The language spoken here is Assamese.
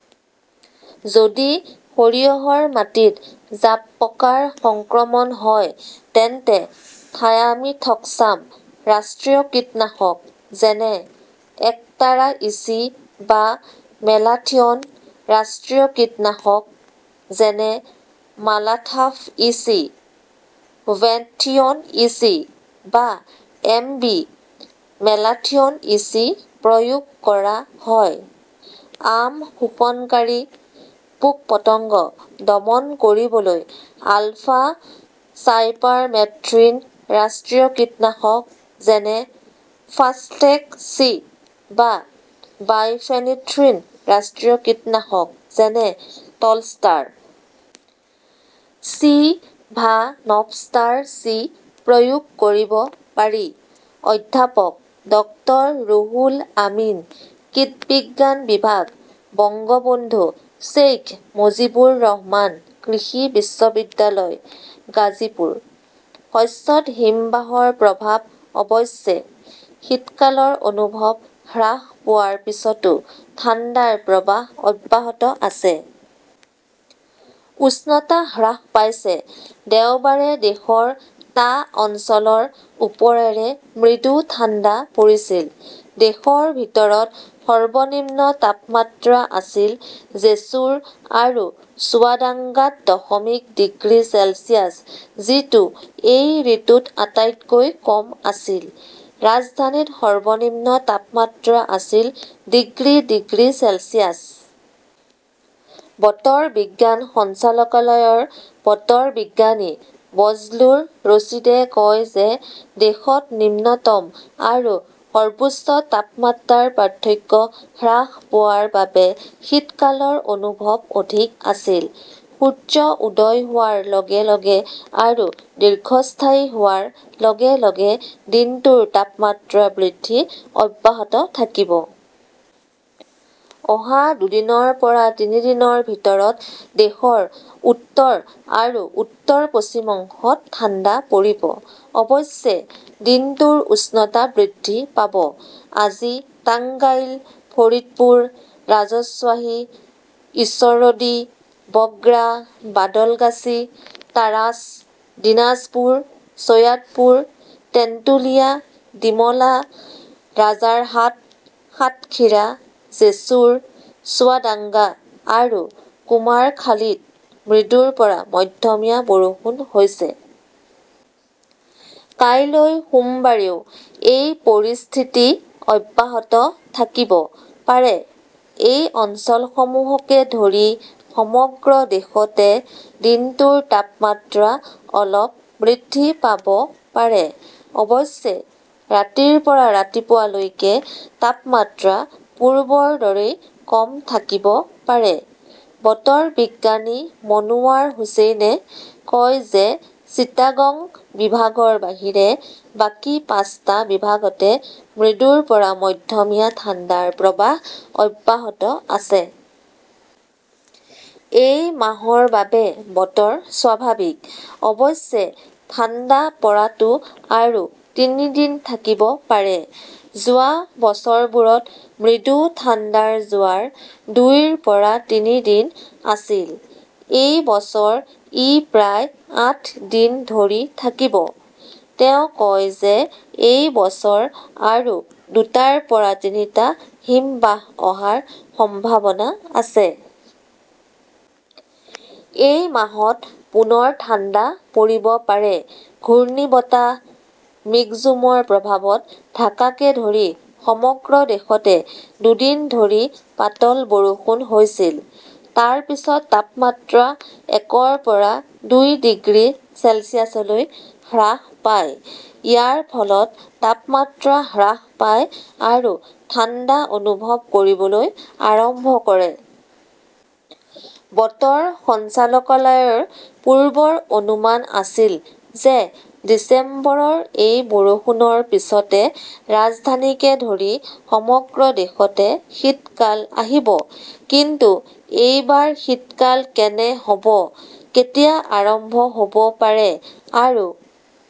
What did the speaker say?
যদি সৰিয়হৰ মাটিত জাবপকাৰ সংক্ৰমণ হয়, তেন্তে থায়ামিথক্সাম ৰাষ্ট্ৰীয় কীটনাশক, যেনে একতাৰা ইচি বা মেলাথিয়ন ৰাষ্ট্ৰীয় কীটনাশক, যেনে মালাটাফ ইচি, ৱেণ্টথিয়ন ইচি বা এমবি মেলাথিয়ন ইচি প্ৰয়োগ কৰা হয়। আম শোষণকাৰী পোক-পতংগ দমন কৰিবলৈ আলফা চাইপাৰমেথ্ৰিন ৰাষ্ট্ৰীয় কীটনাশক, যেনে-ফাষ্টেক চি বা বাইফেনিথ্ৰিন ৰাষ্ট্ৰীয় কীটনাশক, যেনে-টলষ্টাৰ. চি বা নভষ্টাৰ চি প্ৰয়োগ কৰিব পাৰি। অধ্যাপক ড ো. ৰুহুল আমিনঃ কীটবিজ্ঞান বিভাগ, বঙ্গবন্ধু শ্বেইখ মুজিবুৰ ৰহমান কৃষি বিশ্ববিদ্যালয়, গাজীপুৰ। শস্যত হিমবাহৰ প্ৰভাৱ অৱশ্যে, শীতকালৰ অনুভৱ হ্ৰাস পোৱাৰ পিছতো ঠাণ্ডাৰ প্ৰৱাহ অব্যাহত আছে। উষ্ণতা হ্ৰাস পাইছে। দেওবাৰে দেশৰ টা অঞ্চলৰ ওপৰেৰে মৃদু ঠাণ্ডা পৰিছিল। দেশৰ ভিতৰত সৰ্বনিম্ন তাপমাত্ৰা আছিল জেছুৰ আৰু চুৱাদাঙ্গাত দশমিক ডিগ্ৰী চেলছিয়াছ, যিটো এই ঋতুত আটাইতকৈ কম আছিল। ৰাজধানীত সৰ্বনিম্ন তাপমাত্ৰা আছিল ডিগ্ৰী ডিগ্ৰী চেলছিয়াছ। বতৰ বিজ্ঞান সঞ্চালকালয়ৰ বতৰ বিজ্ঞানী বজলুৰ ৰছিদে কয় যে দেশত নিম্নতম আৰু সৰ্বোচ্চ তাপমাত্ৰাৰ পাৰ্থক্য হ্ৰাস পোৱাৰ বাবে শীতকালৰ অনুভৱ অধিক আছিল। সূৰ্য উদয় হোৱাৰ লগে লগে আৰু দীৰ্ঘস্থায়ী হোৱাৰ লগে লগে দিনটোৰ তাপমাত্ৰা বৃদ্ধি অব্যাহত থাকিব। অহা দুদিনৰ পৰা তিনি দিনৰ ভিতৰত দেশৰ উত্তৰ আৰু উত্তৰ-পশ্চিম অংশত ঠাণ্ডা পৰিব। অৱশ্যে, দিনটোৰ উষ্ণতা বৃদ্ধি পাব। আজি টাঙ্গাইল, ফৰিদপুৰ, ৰাজশ্বাহী, ঈশ্বৰদী, বগ্ৰা, বাদলগাছী, তাৰাছ, দিনাজপুৰ, চৈয়াদপুৰ, তেন্তুলিয়া, ডিমলা, ৰাজাৰহাট, সাতখিৰা, জেছুৰ, চুৱাদাঙ্গা আৰু কুমাৰখালীত মৃদুৰ পৰা মধ্যমীয়া বৰষুণ হৈছে। কাইলৈ সোমবাৰেও এই পৰিস্থিতি অব্যাহত থাকিব পাৰে। এই অঞ্চলসমূহকে ধৰি সমগ্ৰ দেশতে দিনটোৰ তাপমাত্ৰা অলপ বৃদ্ধি পাব পাৰে। অৱশ্যে, ৰাতিৰ পৰা ৰাতিপুৱা লৈকে তাপমাত্ৰা পূৰ্বৰ দৰেই কম থাকিব পাৰে। বতৰ বিজ্ঞানী মনোৱাৰ হুচেইনে কয় যে চিটাগং বিভাগৰ বাহিৰে বাকী পাঁচটা বিভাগতে মৃদুৰ পৰা মধ্যমীয়া ঠাণ্ডাৰ প্ৰৱাহ অব্যাহত আছে। এই মাহৰ বাবে বতৰ স্বাভাৱিক। অৱশ্যে, ঠাণ্ডা পৰাটো আৰু তিনি দিন থাকিব পাৰে। যোৱা বছৰবোৰত মৃদু ঠাণ্ডাৰ জোৱাৰ দুইৰ পৰা তিনি দিন আছিল। এই বছৰ ই প্ৰায় আঠ দিন ধৰি থাকিব। তেওঁ কয় যে এই বছৰ আৰু দুটাৰ পৰা তিনিটা হিমবাহ অহাৰ সম্ভাৱনা আছে। এই মাহত পুনৰ ঠাণ্ডা পৰিব পাৰে ঘূৰ্ণীবতাহ মিগজুমৰ প্ৰভাৱত ঢাকাকে ধৰি সমগ্ৰ দেশতে দুদিন ধৰি পাতল বৰষুণ হৈছিল। তাৰ পিছত তাপমাত্ৰা একৰ পৰা দুই ডিগ্ৰী চেলছিয়াছলৈ হ্ৰাস পায়। ইয়াৰ ফলত তাপমাত্ৰা হ্ৰাস পায় আৰু ঠাণ্ডা অনুভৱ কৰিবলৈ আৰম্ভ কৰে। বতৰ সঞ্চালকালয়ৰ পূৰ্বানুমান আছিল যে ডিচেম্বৰৰ এই বৰষুণৰ পিছতে ৰাজধানীকে ধৰি সমগ্ৰ দেশতে শীতকাল আহিব। কিন্তু এইবাৰ শীতকাল কেনে হ "ব, কেতিয়া আৰম্ভ হ" ব পাৰে আৰু